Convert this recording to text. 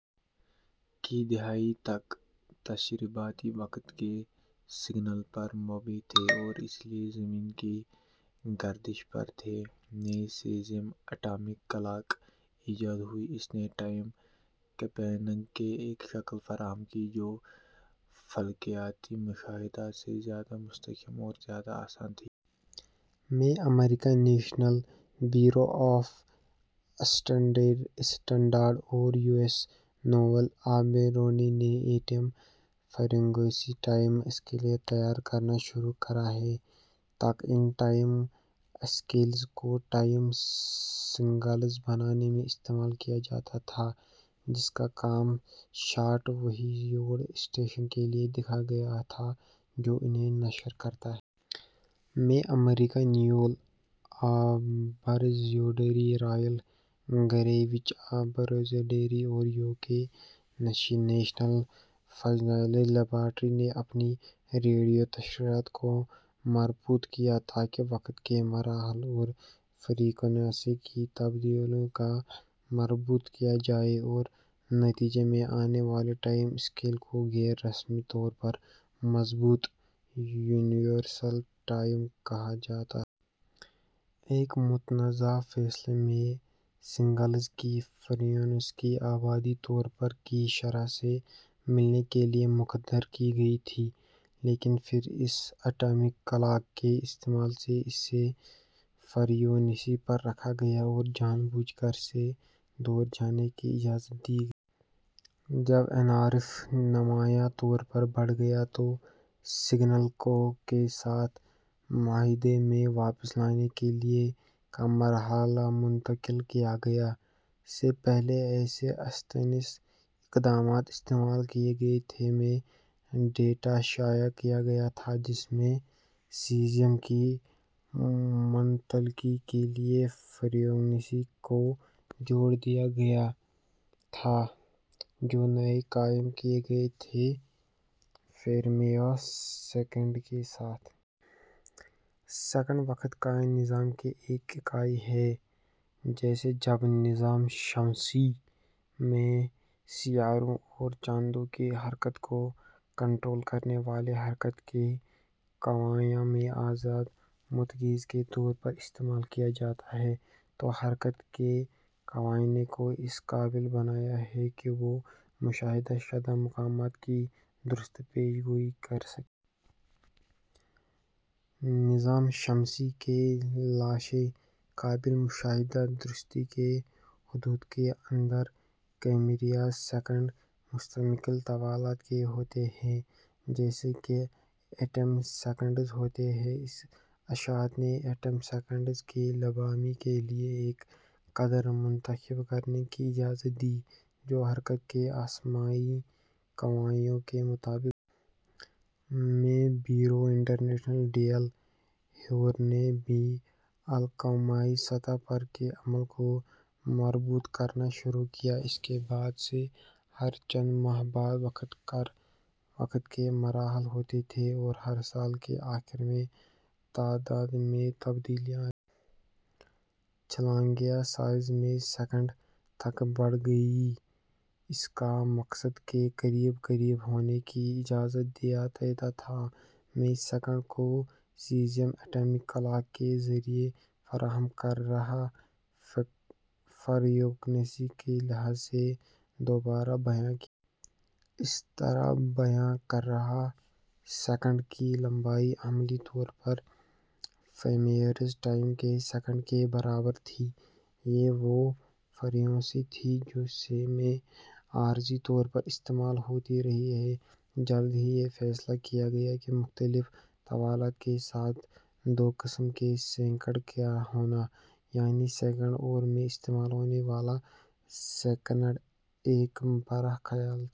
کی دہائی تک، نشریاتی وقت کے سگنل پر مبنی تھے اور اسی لیے زمین کی گردش پر تھے۔ میں سیزیم اٹامک کلاک ایجاد ہوئی۔ اس نے ٹائم کیپنگ کی ایک شکل فراہم کی جو فلکیاتی مشاہدات سے زیادہ مستحکم اور زیادہ آسان تھی۔ میں، امریکا نیشنل بیورو آف اسٹینڈرڈز اور یو ایس نیول آبزرویٹری نے ایٹم فریکوئنسی ٹائم اسکیلز تیار کرنا شروع کر دیے۔ تک، ان ٹائم اسکیلز کو ٹائم سگنلز بنانے میں استعمال کیا جاتا تھا، جس کا نام شارٹ ویو ریڈیو اسٹیشن کے لیے رکھا گیا تھا جو انھیں نشر کرتا ہے۔ میں، امریکا naval observatory, royal Greenwich observatory اور U K national physical laboratory نے اپنی ریڈیو نشریات کو مربوط کیا تاکہ وقت کے مراحل اور فریکوئنسی کی تبدیلیوں کو مربوط کیا جائے اور نتیجے میں آنے والے ٹائم اسکیل کو غیر رسمی طور پر "مربوط یونیورسل ٹائم" کہا جاتا ہے۔ ایک متنازع فیصلے میں، سگنلز کی فریکوئنسی ابتدائی طور پر کی شرح سے ملنے کے لیے مقرر کی گئی تھی، لیکن پھر اسے اٹامک کلاک کے استعمال سے اسی فریکوئنسی پر رکھا گیا اور جان بوجھ کر سے دور جانے کی اجازت دی گئی۔ جب انحراف نمایاں طور پر بڑھ گیا، تو سگنل کو کے ساتھ معاہدے میں واپس لانے کے لیے کا مرحلہ منتقل کیا گیا ۔ سے پہلے ایسے انتیس اقدامات استعمال کیے گئے تھے میں، ڈیٹا شائع کیا گیا تھا جس میں سیزیم کی منتقلی کے لیے فریکوئنسی کو جوڑ دیا گیا تھا، جو نئے قائم کیے گئے تھے، فیمریس سیکنڈ کے ساتھ۔ سیکنڈ وقت کے نظام کی ایک اکائی ہے جسے، جب نظام شمسی میں سیاروں اور چاندوں کی حرکت کو کنٹرول کرنے والے حرکت کے قوانین میں آزاد متغیر کے طور پر استعمال کیا جاتا ہے، تو حرکت کے قوانین کو اس قابل بناتا ہے کہ وہ مشاہدہ شدہ مقامات کی درست پیش گوئی کر سکے۔ نظام شمسی کی لاشیں. قابل مشاہدہ درستی کی حدود کے اندر، فیمیرس سیکنڈز مستقل طوالت کے ہوتے ہیں، جیسا کہ ایٹم سیکنڈز ہوتے ہیں۔ اس اشاعت نے ایٹم سیکنڈ کی لمبائی کے لیے ایک قدر منتخب کرنے کی اجازت دی جو حرکت کے آسمانی قوانین کے مطابق ہوگی۔ میں، Bureau International de l' Heure نے بین الاقوامی سطح پر کے عمل کو مربوط کرنا شروع کیا ۔ اس کے بعد سے، ہر چند ماہ بعد وقت کے مراحل ہوتے تھے اور ہر سال کے آخر میں تعدد میں تبدیلیاں آتی تھیں۔ چھلانگیں سائز میں سیکنڈ تک بڑھ گئیں۔ اس کا مقصد کے قریب قریب ہونے کی اجازت دینا تھا۔ میں، سیکنڈ کو سیزیم ایٹمک کلاک کے ذریعے فراہم کردہ فریکوئنسی کے لحاظ سے دوبارہ بیان کیا گیا۔ اس طرح بیان کردہ سیکنڈ کی لمبائی عملی طور پر فیمیرس ٹائم کے سیکنڈ کے برابر تھی۔ یہ وہ فریکوئنسی تھی جو سے میں عارضی طور پر استعمال ہوتی رہی ہے۔ جلد ہی یہ فیصلہ کیا گیا کہ مختلف طوالت کے ساتھ دو قسم کے سیکنڈ کا ہونا، یعنی سیکنڈ اور میں استعمال ہونے والا سیکنڈ، ایک برا خیال تھا۔